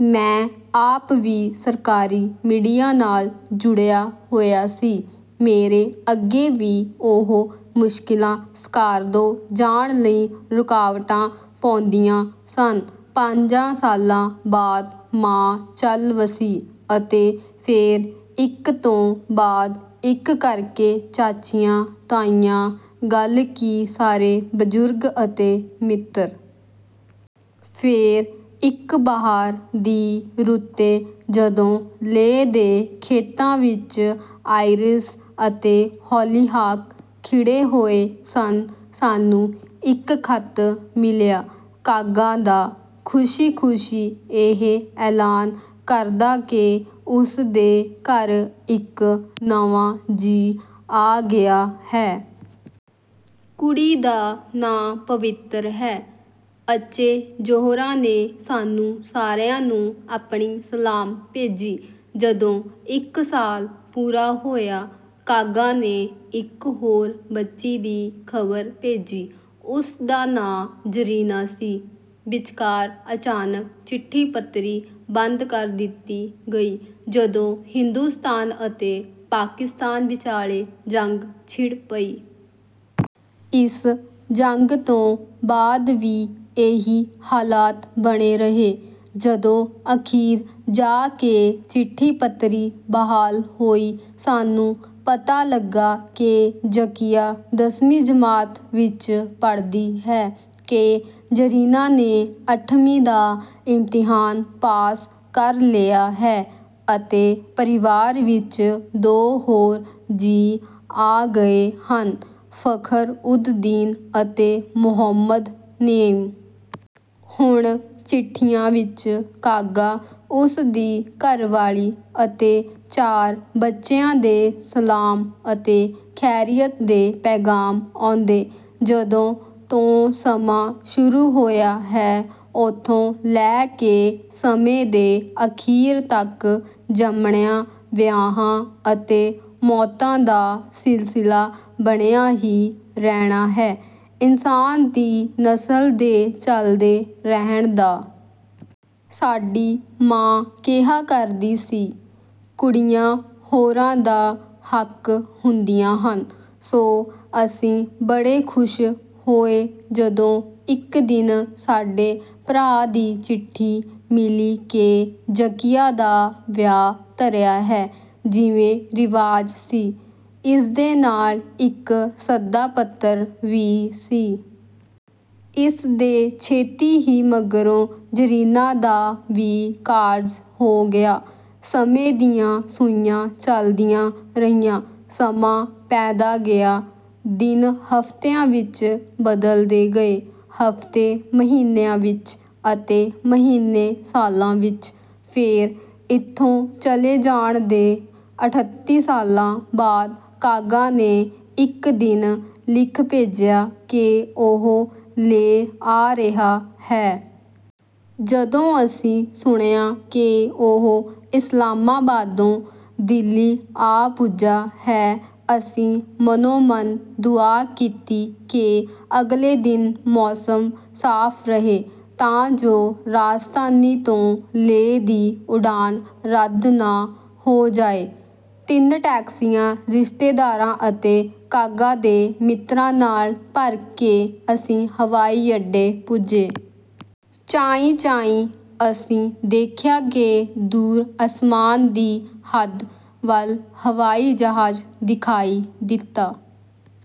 ਮੈਂ ਆਪ ਵੀ ਸਰਕਾਰੀ ਮੀਡੀਆ ਨਾਲ ਜੁੜਿਆ ਹੋਇਆ ਸੀ। ਮੇਰੇ ਅੱਗੇ ਵੀ ਓਹੋ ਮੁਸ਼ਕਿਲਾਂ ਸਕਾਰਦੋ ਜਾਣ ਲਈ ਰੁਕਾਵਟਾਂ ਪਾਉਂਦੀਆਂ ਸਨ। ਪੰਜਾਂ ਸਾਲਾਂ ਬਾਅਦ, ਮਾਂ ਚੱਲ ਵਸੀ ਅਤੇ ਫੇਰ ਇੱਕ ਤੋਂ ਬਾਅਦ ਇੱਕ ਕਰਕੇ ਚਾਚੀਆਂ, ਤਾਈਆਂ, ਗੱਲ ਕੀ ਸਾਰੇ ਬਜ਼ੁਰਗ ਅਤੇ ਮਿੱਤਰ। ਫੇਰ, ਇੱਕ ਬਹਾਰ ਦੀ ਰੁੱਤੇ, ਜਦੋਂ ਲੇਹ ਦੇ ਖੇਤਾਂ ਵਿੱਚ ਆਇਰਿਸ ਅਤੇ ਹੌਲੀਹਾਕ ਖਿੜੇ ਹੋਏ ਸਨ, ਸਾਨੂੰ ਇੱਕ ਖ਼ਤ ਮਿਲਿਆ ਕਾਗਾ ਦਾ, ਖੁਸ਼ੀ-ਖੁਸ਼ੀ ਇਹ ਐਲਾਨ ਕਰਦਾ ਕਿ ਉਸ ਦੇ ਘਰ ਇੱਕ ਨਵਾਂ ਜੀਅ ਆ ਗਿਆ ਹੈ। ਕੁੜੀ ਦਾ ਨਾਂ ਪਵਿੱਤਰ ਹੈ। ਅਚੇ ਜ਼ੋਹਰਾ ਨੇ ਸਾਨੂੰ ਸਾਰਿਆਂ ਨੂੰ ਆਪਣੀ ਸਲਾਮ ਭੇਜੀ। ਜਦੋਂ ਇੱਕ ਸਾਲ ਪੂਰਾ ਹੋਇਆ, ਕਾਗਾ ਨੇ ਇੱਕ ਹੋਰ ਬੱਚੀ ਦੀ ਖ਼ਬਰ ਭੇਜੀ। ਉਸ ਦਾ ਨਾਂ ਜ਼ਰੀਨਾ ਸੀ। ਵਿਚਕਾਰ ਅਚਾਨਕ ਚਿੱਠੀ-ਪੱਤਰੀ ਬੰਦ ਕਰ ਦਿੱਤੀ ਗਈ, ਜਦੋਂ ਹਿੰਦੋਸਤਾਨ ਅਤੇ ਪਾਕਿਸਤਾਨ ਵਿਚਾਲੇ ਜੰਗ ਛਿੜ ਪਈ। ਇਸ ਜੰਗ ਤੋਂ ਬਾਅਦ ਵੀ ਇਹੀ ਹਾਲਾਤ ਬਣੇ ਰਹੇ। ਜਦੋਂ ਅਖ਼ੀਰ ਜਾ ਕੇ ਚਿੱਠੀ-ਪੱਤਰੀ ਬਹਾਲ ਹੋਈ, ਸਾਨੂੰ ਪਤਾ ਲੱਗਾ ਕਿ ਜ਼ਕੀਆ ਦਸਵੀਂ ਜਮਾਤ ਵਿੱਚ ਪੜ੍ਹਦੀ ਹੈ, ਕਿ ਜ਼ਰੀਨਾ ਨੇ ਅੱਠਵੀਂ ਦਾ ਇਮਤਿਹਾਨ ਪਾਸ ਕਰ ਲਿਆ ਹੈ ਅਤੇ ਪਰਿਵਾਰ ਵਿੱਚ ਦੋ ਹੋਰ ਜੀਅ ਆ ਗਏ ਹਨ—ਫ਼ਖ਼ਰ-ਉਦ-ਦੀਨ ਅਤੇ ਮੋਹੰਮਦ ਨਈਮ। ਹੁਣ, ਚਿੱਠੀਆਂ ਵਿੱਚ ਕਾਗਾ, ਉਸ ਦੀ ਘਰਵਾਲੀ ਅਤੇ ਚਾਰ ਬੱਚਿਆਂ ਦੇ ਸਲਾਮ ਅਤੇ ਖੈਰੀਅਤ ਦੇ ਪੈਗ਼ਾਮ ਆਉਂਦੇ। ਜਦੋਂ ਤੋਂ ਸਮਾਂ ਸ਼ੁਰੂ ਹੋਇਆ ਹੈ, ਓਥੋਂ ਲੈ ਕੇ ਸਮੇਂ ਦੇ ਅਖ਼ੀਰ ਤੱਕ, ਜੰਮਣਿਆਂ, ਵਿਆਹਾਂ ਅਤੇ ਮੌਤਾਂ ਦਾ ਸਿਲਸਿਲਾ ਬਣਿਆ ਹੀ ਰਹਿਣਾ ਹੈ, ਇਨਸਾਨ ਦੀ ਨਸਲ ਦੇ ਚੱਲਦੇ ਰਹਿਣ ਦਾ। ਸਾਡੀ ਮਾਂ ਕਿਹਾ ਕਰਦੀ ਸੀ, "ਕੁੜੀਆਂ ਹੋਰਾਂ ਦ ਹੱਕ ਹੁੰਦੀਆਂ ਹਨ," ਸੋ ਅਸੀਂ ਬੜੇ ਖੁਸ਼ ਹੋਏ ਜਦੋਂ ਇੱਕ ਦਿਨ ਸਾਡੇ ਭਰਾ ਦੀ ਚਿੱਠੀ ਮਿਲੀ ਕਿ ਜ਼ਕੀਆ ਦਾ ਵਿਆਹ ਧਰਿਆ ਹੈ। ਜਿਵੇਂ ਰਿਵਾਜ ਸੀ, ਇਸ ਦੇ ਨਾਲ ਇੱਕ ਸੱਦਾ-ਪੱਤਰ ਵੀ ਸੀ। ਇਸ ਦੇ ਛੇਤੀ ਹੀ ਮਗਰੋਂ, ਜ਼ਰੀਨਾ ਦਾ ਵੀ ਕਾਰਜ ਹੋ ਗਿਆ। ਸਮੇਂ ਦੀਆਂ ਸੂਈਆਂ ਚੱਲਦੀਆਂ ਰਹੀਆਂ। ਸਮਾਂ ਪੈਂਦਾ ਗਿਆ। ਦਿਨ ਹਫ਼ਤਿਆਂ ਵਿੱਚ ਬਦਲਦੇ ਗਏ, ਹਫ਼ਤੇ ਮਹੀਨਿਆਂ ਵਿੱਚ ਅਤੇ ਮਹੀਨੇ ਸਾਲਾਂ ਵਿੱਚ। ਫੇਰ, ਇੱਥੋਂ ਚਲੇ ਜਾਣ ਦੇ ਅਠੱਤੀ ਸਾਲਾਂ ਬਾਅਦ, ਕਾਗਾ ਨੇ ਇੱਕ ਦਿਨ ਲਿਖ ਭੇਜਿਆ ਕਿ ਉਹ ਲੇਹ ਆ ਰਿਹਾ ਹੈ। ਜਦੋਂ ਅਸੀਂ ਸੁਣਿਆ ਕਿ ਉਹ ਇਸਲਾਮਾਬਾਦੋਂ ਦਿੱਲੀ ਆ ਪੁੱਜਾ ਹੈ, ਅਸੀਂ ਮਨੋ-ਮਨ ਦੁਆ ਕੀਤੀ ਕਿ ਅਗਲੇ ਦਿਨ ਮੌਸਮ ਸਾਫ਼ ਰਹੇ ਤਾਂ ਜੋ ਰਾਜਧਾਨੀ ਤੋਂ ਲੇਹ ਦੀ ਉਡਾਨ ਰੱਦ ਨਾ ਹੋ ਜਾਏ। ਤਿੰਨ ਟੈਕਸੀਆਂ ਰਿਸ਼ਤੇਦਾਰਾਂ ਅਤੇ ਕਾਗਾ ਦੇ ਮਿੱਤਰਾਂ ਨਾਲ ਭਰ ਕੇ ਅਸੀਂ ਹਵਾਈ ਅੱਡੇ ਪੁੱਜੇ। ਚਾਈਂ-ਚਾਈਂ, ਅਸੀਂ ਦੇਖਿਆ ਕਿ ਦੂਰ ਅਸਮਾਨ ਦੀ ਹੱਦ ਵੱਲ ਹਵਾਈ ਜਹਾਜ਼ ਦਿਖਾਈ ਦਿੱਤਾ...